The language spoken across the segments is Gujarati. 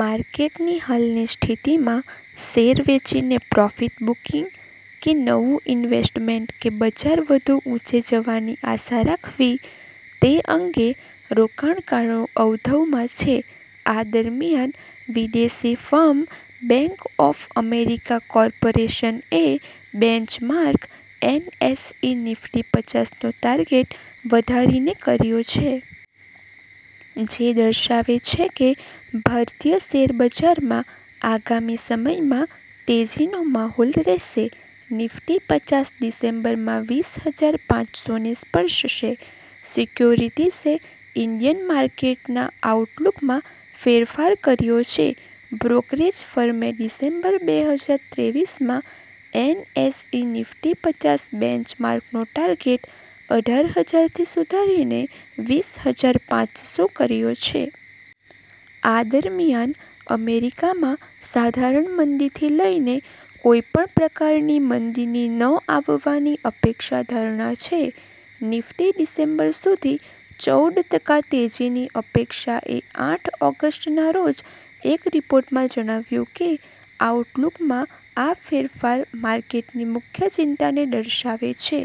માર્કેટની હાલની સ્થિતિમાં શેર વેચીને પ્રોફિટ બુકિંગ કે નવું ઇન્વેસ્ટમેન્ટ કે બજાર વધુ ઉંચે જવાની આશા રાખવી તે અંગે રોકાણકારો અવઢવમાં છે. આ દરમિયાન વિદેશી firm bank of America corporation એ બેન્ચમાર્ક એનએસઇ નિફ્ટી પચાસનો ટાર્ગેટ વધારીને કર્યો છે. જે દર્શાવે છે કે, ભારતીય શેરબજારમાં આગામી સમયમાં તેજીનો માહોલ રહેશે. નિફ્ટી પચાસ ડિસેમ્બરમાં વીશહજાર પાંચસોને સ્પર્શશે. સિક્યોરિટીઝે ઇન્ડિયન માર્કેટના આઉટલૂકમાં ફેરફાર કર્યો છે. બ્રોકરેજ ફર્મે ડિસેમ્બર બેહજાર ત્રેવીસમાં એનએસઇ નિફ્ટી પચાસ બેન્ચમાર્કનો ટાર્ગેટ અઢાર હજાર થી સુધારીને વીશહજાર પાંચસો કર્યો છે. આ દરમિયાન અમેરિકામાં સાધારણ મંદીથી લઇને કોઈ પણ પ્રકારની મંદીની ન આવવાની અપેક્ષા ધારણા છે. નિફ્ટી ડિસેમ્બર સુધી ચૌદ ટકા તેજીની અપેક્ષા એ આઠ ઓગસ્ટના રોજ એક રિપોર્ટમાં જણાવ્યું કે, આઉટલૂકમાં આ ફેરફાર માર્કેટની મુખ્ય ચિંતાને દર્શાવે છે.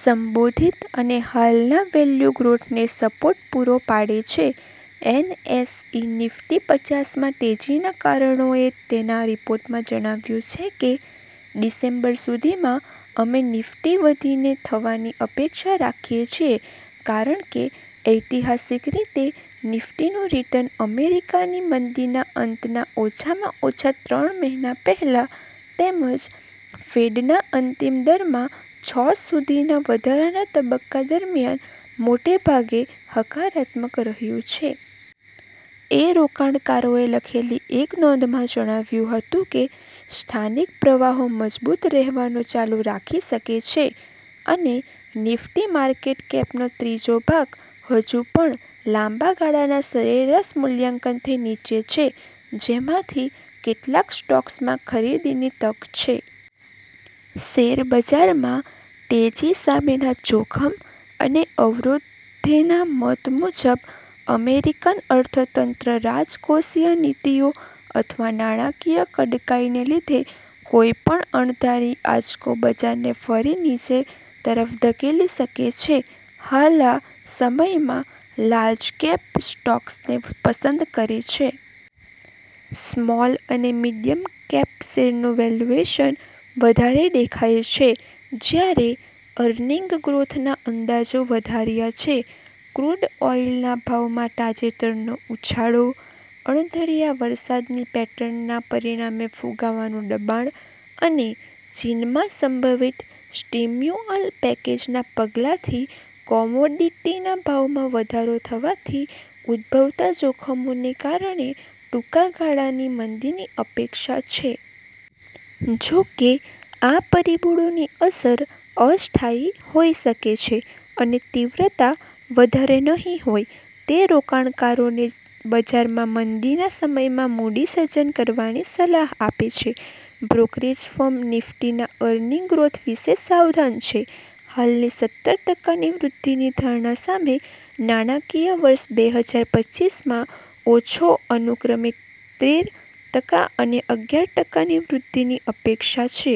સંબોધિત અને હાલના વેલ્યૂ ગ્રોથને સપોર્ટ પૂરો પાડે છે. એનએસઇ નિફ્ટી-પચાસમાં તેજીના કારણો એ તેના રિપોર્ટમાં જણાવ્યું છે કે, "ડિસેમ્બર સુધીમાં અમે નિફ્ટી વધીને થવાની અપેક્ષા રાખીએ છીએ, કારણ કે, ઐતિહાસિક રીતે નિફ્ટીનું રિટર્ન અમેરિકાની મંદીના અંતના ઓછામાં ઓછા ત્રણ મહિના પહેલા તેમજ ફેડના અંતિમ દરમાં છ સુધીના વધારાના તબક્કા દરમિયાન મોટે ભાગે હકારાત્મક રહ્યું છે. એ રોકાણકારોને લખેલી એક નોંધમાં જણાવ્યું હતું કે, " સ્થાનિક પ્રવાહો મજબૂત રહેવાનું ચાલુ રાખી શકે છે અને નિફ્ટી માર્કેટ કેપનો ત્રીજો ભાગ હજુ પણ લાંબા ગાળાના સરેરાશ મૂલ્યાંકનથી નીચે છે જેમાંથી કેટલાક સ્ટોક્સમાં ખરીદીની તક છે. " શેરબજારમાં તેજી સામેના જોખમ અને અવરોધેના મત મુજબ, અમેરિકન અર્થતંત્ર, રાજકોષીય નીતિઓ અથવા નાણાકીય કડકાઇને લીધે કોઈપણ અણધારી આંચકો બજારને ફરી નીચે તરફ ધકેલી શકે છે. હાલા સમયમાં લાર્જકેપ સ્ટોક્સને પસંદ કરે છે. સ્મોલ અને મિડિયમ કેપ શેરનું વેલ્યુએશન વધારે દેખાય છે, જ્યારે અર્નિંગ ગ્રોથના અંદાજો વધાર્યા છે. ક્રૂડ ઓઇલના ભાવમાં તાજેતરનો ઉછાળો, અણધાર્યા વરસાદની પેટર્નના પરિણામે ફુગાવાનું દબાણ અને ચીનમાં સંભવિત સ્ટિમ્યુઅલ પેકેજના પગલાંથી કોમોડિટીના ભાવમાં વધારો થવાથી ઉદ્ભવતા જોખમોને કારણે ટૂંકા ગાળાની મંદીની અપેક્ષા છે. જો કે, આ પરિબળોની અસર અસ્થાયી હોઈ શકે છે અને તીવ્રતા વધારે નહીં હોય, તે રોકાણકારોને બજારમાં મંદીના સમયમાં મૂડી સર્જન કરવાની સલાહ આપે છે. બ્રોકરેજ ફર્મ નિફ્ટીના અર્નિંગ ગ્રોથ વિશે સાવધાન છે, હાલની સત્તર ટકાની વૃદ્ધિની ધારણા સામે નાણાંકીય વર્ષ બેહજાર પચ્ચીસમાં ઓછો અનુક્રમે તેર ટકા અને અગિયાર ટકાની વૃદ્ધિની અપેક્ષા છે.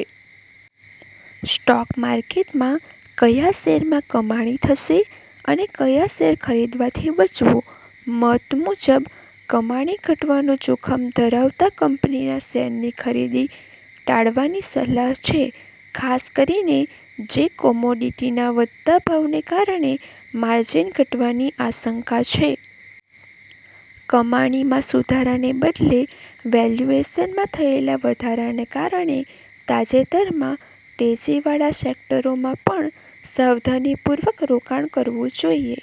સ્ટોક માર્કેટમાં ક્યા શેરમાં કમાણી થશે અને ક્યા શેર ખરીદવાથી બચવું મત મુજબ કમાણી ઘટવાનું જોખમ ધરાવતા કંપનીના શેરની ખરીદી ટાળવાની સલાહ છે, ખાસ કરીને જે કોમોડિટીના વધતા ભાવને કારણે માર્જિન ઘટવાની આશંકા છે. કમાણીમાં સુધારાને બદલે વેલ્યુએશનમાં થયેલા વધારાને કારણે તાજેતરમાં તેજીવાળા સેક્ટરોમાં પણ સાવધાનીપૂર્વક રોકાણ કરવું જોઈએ.